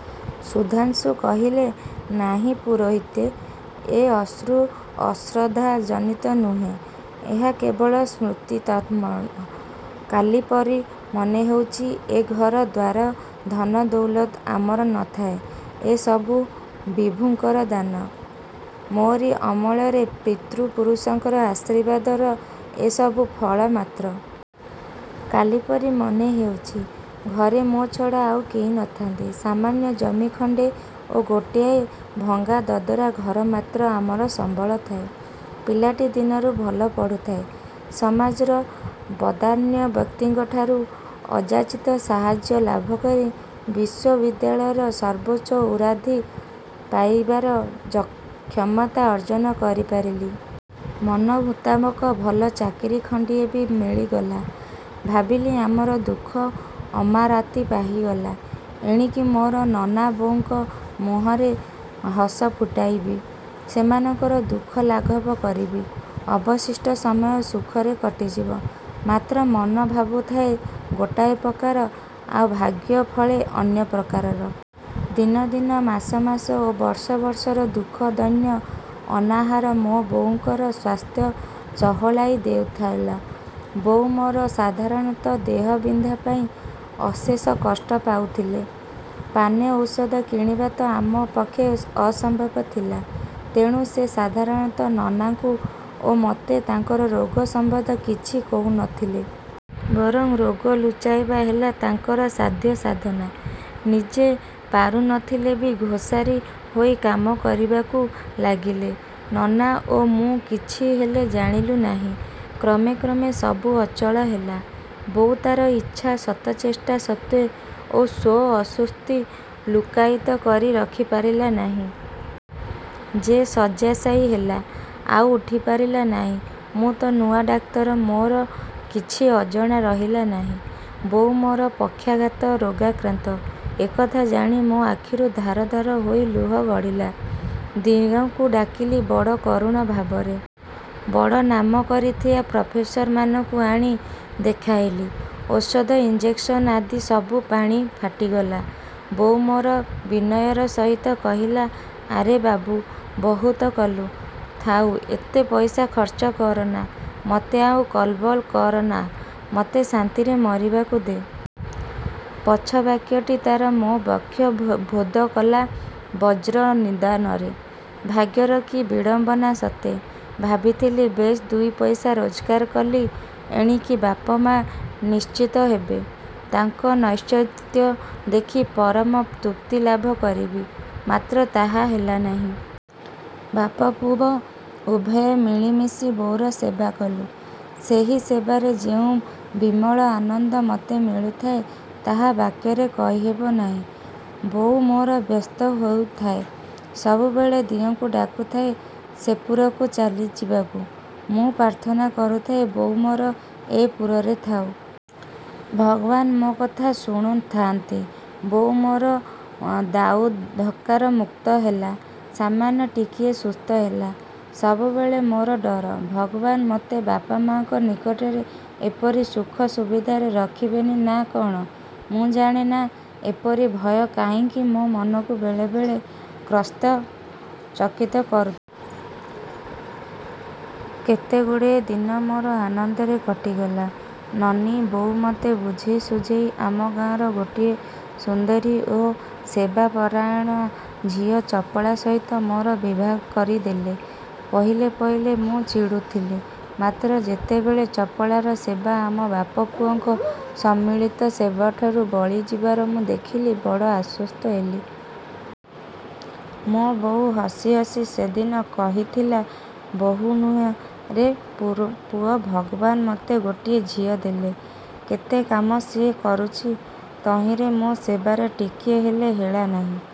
" ସୁଧାଂଶୁ କହିଥିଲେ—ନାହିଁ ପୁରୋହିତେ, ଏ ଅଶ୍ରୁ ଅଶ୍ରଦ୍ଧା ଜନିତ ନୁହେଁ। ଏହା କେବଳ ସ୍ମୃତି ତର୍ପଣ। କାଲିପରି ମନେ ହେଉଛି। ଏ ଘର, ଦ୍ୱାର, ଧନ, ଦଉଲତ ଆମର ନ ଥାଏ-। ଏ ସବୁ ବିଭୁଙ୍କର ଦାନ। ମୋରି ଅମଳରେ। ପିତୃ ପୁରୁଷଙ୍କର ଆଶୀର୍ବାଦର ଏ ସବୁ ଫଳ ମାତ୍ର-। କାଲିପରି ମନେ ହେଉଚି। ଘରେ ମୋ ଛଡ଼ା ଆଉ କେହି ନ ଥାଆନ୍ତି। ସାମାନ୍ୟ ଜମି ଖଣ୍ଡେ ଓ ଗୋଟିଏ ଭଙ୍ଗା ଦଦରା ଘର ମାତ୍ର ଆମର ସମ୍ୱଳ ଥାଏ। ପିଲାଟି ଦିନରୁ ଭଲ ପଢ଼ୁଥାଏ-। ସମାଜର ବଦାନ୍ୟ ବ୍ୟକ୍ତିଙ୍କଠାରୁ ଅଯାଚିତ ସାହାର୍ଯ୍ୟ ଲାଭକରି ବିଶ୍ୱବିଦ୍ୟାଳୟର ସର୍ବୋଚ୍ଚ ଉରାଧି ପାଇବାର କ୍ଷମତା ଅର୍ଜନ କରି ପାରିଲି। ମନମୁତାବକ ଭଲ ଚାକିରୀ ଖଣ୍ଡିଏ ବି ମିଳିଗଲା-। ଭାବିଲି, ଆମର ଦୁଃଖ-ଅମାରାତି ପାହିଗଲା। ଏଣିକି ମୋର ନନା ବୋଉଙ୍କ ମୁହଁରେ ହସ ଫୁଟାଇବି। ସେମାନଙ୍କର ଦୁଃଖ ଲାଘବ କରିବି ଅବଶିଷ୍ଟ ସମୟ ସୁଖରେ କଟିଯିବ। ମାତ୍ର ମନ ଭାବୁଥାଏ ଗୋଟାଏ ପ୍ରକାର, ଆଉ ଭାଗ୍ୟ ଫଳେ ଅନ୍ୟ ପ୍ରକାରର। ଦିନ ଦିନ, ମାସ ମାସ ଓ ବର୍ଷ ବର୍ଷର ଦୁଃଖ, ଦୈନ୍ୟ, ଅନାହାର ମୋ ବୋଉଙ୍କର ସ୍ୱାସ୍ଥ୍ୟକୁ ଚହଲାଇ ଦେଇଥିଲା। ବୋଉ ମୋର ସାଧାରଣତଃ ଦେହ ବିନ୍ଧା ପାଇଁ ଅଶେଷ କଷ୍ଟ ପାଉଥିଲେ। ପାନେ ଔଷଧ କିଣିବା ତ ଆମ ପକ୍ଷେ ଅସମ୍ଭବ ଥିଲା; ତେଣୁ ସେ ସାଧାରଣତଃ ନନାଙ୍କୁ ଓ ମୋତେ ତାଙ୍କର ରୋଗ ସମ୍ୱନ୍ଧ କିଛି କହୁ ନ ଥିଲେ। ବରଂ ରୋଗ ଲୁଚାଇବା ହେଲା ତାଙ୍କର ସାଧ୍ୟ ସାଧନା। ନିଜେ ପାରୁ ନ ଥିଲେ ବି ଘୋଷାରି ହୋଇ କାମ କରିବାକୁ ଲାଗିଲେ। ନନା ଓ ମୁଁ କିଛି ହେଲେ ଜାଣିଲୁ ନାହିଁ। କ୍ରମେ କ୍ରମେ ସବୁ ଅଚଳ ହେଲା। ବୋଉ ତାର ଇଚ୍ଛା ଶତଚେଷ୍ଟା ସତ୍ତ୍ୱେ ଓ ସ୍ୱ ଅସୁସ୍ଥି ଲୁକ୍କାୟିତ କରି ରଖି ପାରିଲା ନାହିଁ। ଯେ ଶଯ୍ୟାଶାୟୀ ହେଲା, ଆଉ ଉଠି ପାରିଲା ନାହିଁ। ମୁଁ ତ ନୂଆ ଡାକ୍ତର। ମୋର କିଛି ଅଜଣା ରହିଲା ନାହିଁ। ବୋଉ ମୋର ପକ୍ଷାଘାତ ରୋଗାକ୍ରାନ୍ତ। ଏ କଥା ଜାଣି ମୋ ଆଖିରୁ ଧାର ଧାର ହୋଇ ଲୁହ ଗଡ଼ିଲା। ଦିଅଁଙ୍କୁ ଡାକିଲି ବଡ଼ କରୁଣ ଭାବରେ। ବଡ଼ ନାମ କରିଥିବା ପ୍ରଫେସରମାନଙ୍କୁ ଆଣି ଦେଖାଇଲି। ଔଷଧ ଇଞ୍ଜେକ୍ସନ ଆଦି ସବୁ ପାଣି ଫାଟିଗଲା। ବୋଉ ମୋର ବିନୟର ସହିତ କହିଲା—ଆରେ ବାବୁ, ବହୁତ କଲୁ। ଥାଉ, ଏତେ ପଇସା ଖର୍ଚ୍ଚ କର ନା, ମତେ ଆଉ କଲବଲ କର ନା। ମତେ ଶାନ୍ତିରେ ମରିବାକୁ ଦେ। ପଛବାକ୍ୟଟି ତାର ମୋ ବକ୍ଷ ଭୋଦ କଲା ବଜ୍ର ନିନାଦରେ। ଭାଗ୍ୟର କି ବିଡ଼ମ୍ୱନା ସତେ! ଭାବିଥିଲି ବେଶ୍ ଦୁଇ ପଇସା ରୋଜଗାର କଲି, ଏଣିକି ବାପ ମା ନିଶ୍ଚିନ୍ତ ହେବେ। ତାଙ୍କ ନୈଶ୍ଚିନ୍ତ୍ୟ ଦେଖି ପରମ ତୃପ୍ତି ଲାଭ କରିବି, ମାତ୍ର ତାହା ହେଲା ନାହିଁ। ବାପ, ପୁଅ, ଉଭୟେ ମିଳିମିଶି ବୋଉର ସେବା କଲୁଁ। ସେହି ସେବାରେ ଯେଉଁ ବିମଳ ଆନନ୍ଦ ମତେ ମିଳୁଥାଏ, ତାହା ବାକ୍ୟରେ କହିହେବ ନାହିଁ। ବୋଉ ମୋର ବ୍ୟସ୍ତ ହେଉଥାଏ। ସବୁବେଳେ ଦିଅଙ୍କୁ ଡାକୁଥାଏ ସେପୁରକୁ ଚାଲି ଯିବାକୁ। ମୁଁ ପ୍ରାର୍ଥନା କରୁଥାଏ, ବୋଉ ମୋର ଏ ପୁରରେ ଥାଉ। ଭଗବାନ ମୋ କଥା ଶୁଣୁ ଥାଆନ୍ତି; ବୋଉ ମୋର ଦାଉ ଧକ୍କାର ମୁକ୍ତ ହେଲା। ସାମାନ୍ୟ ଟିକିଏ ସୁସ୍ଥ ହେଲା-। ସବୁବେଳେ ମୋର ଡର। ଭଗବାନ ମତେ ବାପ—ମା'ଙ୍କ ନିକଟରେ ଏପରି ସୁଖ ସୁବିଧାରେ ରଖିବେନି ନା କ'ଣ। ମୁଁ ଜାଣେ ନା, ଏପରି ଭୟ କାହିଁକି ମୋ ମନକୁ ବେଳେ ବେଳେ କ୍ରସ୍ତ ଚକିତ କରୁଥାଏ। କେତେଦୁଡ଼ିଏ ଦିନ ମୋର ଆନନ୍ଦରେ କଟିଗଲା। ନନୀ, ବୋଉ ମତେ ବୁଝେଇ ସୁଝେଇ ଆମ ଗାଁର ଗୋଟିଏ। ସୁନ୍ଦରୀ ଓ ସେବାପରାୟଣା ଝିଅ ଚପଳା ସହିତ ମୋର ବିଭାଘର କରି ଦେଲେ। ପହିଲେ ପହିଲେ ମୁଁ ଚିଡ଼ୁଥିଲି; ମାତ୍ର ଯେତେବେଳେ ଚପଳାର ସେବା ଆମ ବାପ ପୁଅଙ୍କ ସମ୍ମିଳୀତ ସେବାଠ ରୁ ବଳି ଯିବାର ମୁଁ ଦେଖିଲି, ବଡ଼ ଆଶ୍ୱସ୍ତ ହେଲି। ମୋ ବୋଉ ହସି ହସି ସେଦିନ କହିଥିଲା—ବୋହୂ ନୁହେଁ ରେ ପୁଅ ଭଗବାନ ମତେ ଗୋଟିଏ ଝିଅ ଦେଲେ। କେତେ କାମ ସିଏ କରୁଚି। ତହିଁରେ ମୋ ସେବାରେ ଟିକିଏ ହେଲେ ହେଳା ନାହିଁ।